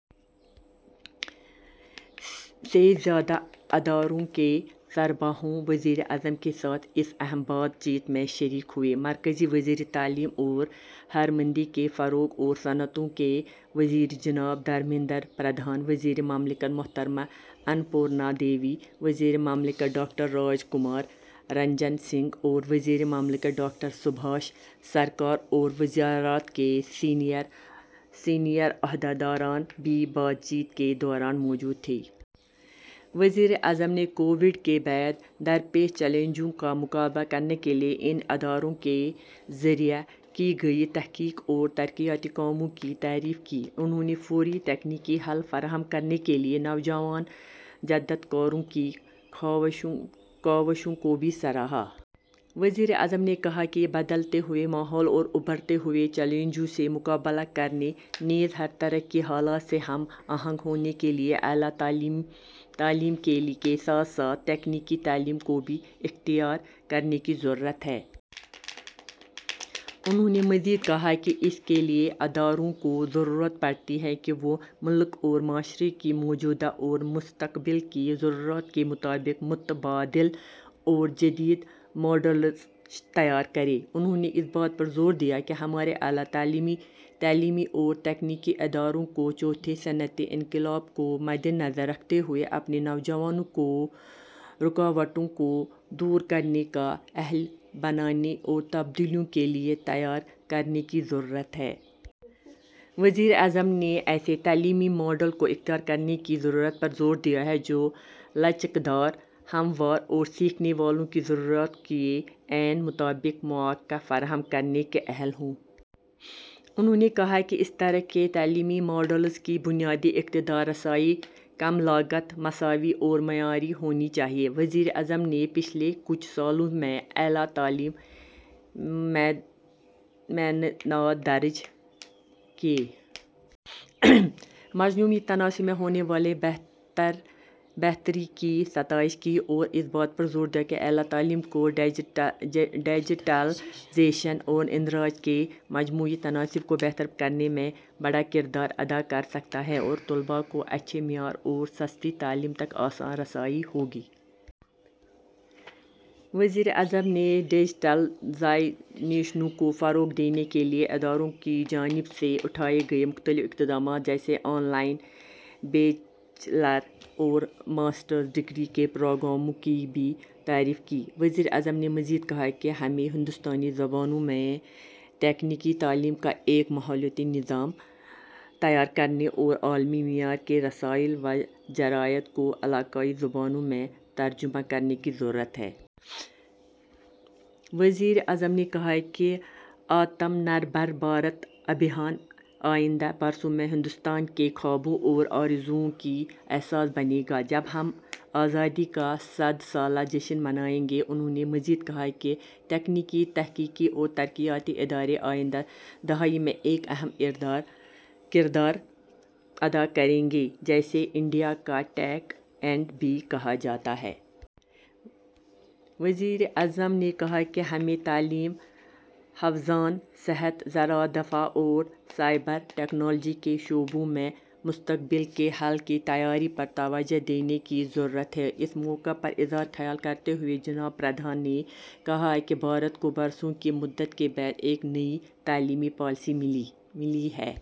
سے زیادہ اداروں کے سربراہانوزیر اعظم کے ساتھ اس اہم بات چیت میں شریک ہوئے۔ مرکزی وزیر تعلیم اور ہرمندی کے فروغ اور صنعتوں کے وزیر جناب دھرمیندر پردھان ، وزیر مملکت محترمہ انپورنا دیوی، وزیرمملکت ڈاکٹر راج کمار رنجن سنگھ اور وزیر مملکت ڈاکٹر سبھاش سرکار اور وزارت کے سینئر عہدیداران بھی بات چیت کے دوران موجود تھے۔ وزیر اعظم نے کووڈ کے بعد درپیش چیلنجوں کا مقابلہ کرنے کے لئے ان اداروں کے ذریعہکی گئی تحقیق اور ترقیاتی کاموں کی تعریف کی۔ انہوں نے فوری تکنیکی حل فراہم کرنے کے لئے نوجوان جدت کاروں کی کاوشوں کو بھی سراہا۔ وزیر اعظم نے کہا کہ بدلتے ہوئے ماحول اور ابھرتے ہوئے چیلنجوں سے مقابلہ کرنے نیز ہر طرح کے حالات سے ہم آہنگ ہونے کے لئے اعلی تعلیمکے ساتھ ساتھ تکنیکی تعلیم کوبھی اختیار کرنے کی ضرورت ہے۔ انہوں نے مزید کہا کہ اس کے لئے اداروں کو ضرورت پڑتی ہے کہ وہ ملک اور معاشرے کی موجودہ اور مستقبل کی ضروریات کے مطابق متبادل اور جدید ماڈلز تیار کریں۔ انہوں نے اس بات پر زور دیا کہ ہمارے اعلی تعلیمی اور تکنیکی اداروں کو چوتھے صنعتی انقلاب کو مدنظر رکھتے ہوئے اپنے نوجوانوں کورکاوٹوں کو دور کرنے کا اہل بنانےاور تبدیلیوں کے لئے تیار کرنے کی ضرورت ہے۔ وزیر اعظم نے ایسے تعلیمی ماڈل کو اختیار کرنے کی ضرورت پر زور دیا جو لچکدار ، ہموار ، اور سیکھنے والوں کی ضروریات کے عین مطابق مواقع فراہم کرنے کے اہل ہوں۔ انہوں نے کہا کہ اس طرح کے تعلیمی ماڈلز کی بنیادی اقدار رسائی ، کم لاگت ، مساوی اور معیاری ہونی چاہئے۔ وزیر اعظم نے پچھلے کچھ سالوں میں اعلی تعلیم میںاندراج کے مجموعی تناسب میں ہونے والی بہتریکی ستائش کی اور اس بات پر زور دیا کہ اعلی تعلیم کو ڈیجیٹلائزیشن اوراندراج کے مجموعی تناسب کو بہتر کرنے میں بڑا کردار ادا کرسکتاہے اور طلباء کو اچھے معیار اور سستی تعلیم تک آسان رسائی ہوگی۔ وزیر اعظم نے ڈیجیٹلائزیشنکو فروغ دینے کے لئے اداروں کی جانب سے اٹھائے گئے مختلف اقدامات جیسے آن لائن بیچلر اور ماسٹر ڈگری کے پروگراموں کی بھی تعریف کی۔ وزیر اعظم نے مزید کہا کہ ہمیں ہندوستانی زبانوں میں تکنیکی تعلیم کا ایک ماحولیاتی نظام تیار کرنے اور عالمی معیار کے رسائل و جرائد کو علاقائی زبانوں میں ترجمہ کرنے کی ضرورت ہے۔ وزیر اعظم نے کہا کہ 'آتم نربھر بھارت ابھیان'آئندہ برسوں میں ہندوستان کے خوابوں اور آرزوؤں کی اساس بنے گا جب ہم آزادی کا صد سالہ جشن منائیں گے۔ انہوں نے مزید کہا کہ تکنیکی ، تحقیقی وترقیاتی ادارے آئندہ دہائی میں ایک اہم کردار ادا کریں گے ، جسے ''انڈیا کا ٹیک ایڈ'' بھی کہا جاتا ہے۔ وزیر اعظم نے کہا کہ ہمیں تعلیم ، حفظان صحت ، زراعت ، دفاع ، اور سائبر ٹیکنالوجی کے شعبوں میں مستقبل کے حل کی تیاری پر توجہ دینے کی ضرورت ہے۔ اس موقع پر اظہار خیال کرتے ہوئے جناب پردھان نے کہا کہ بھارت کو برسوں کی مدت کے بعد ایک نئی تعلیمی پالیسی ملی ہے۔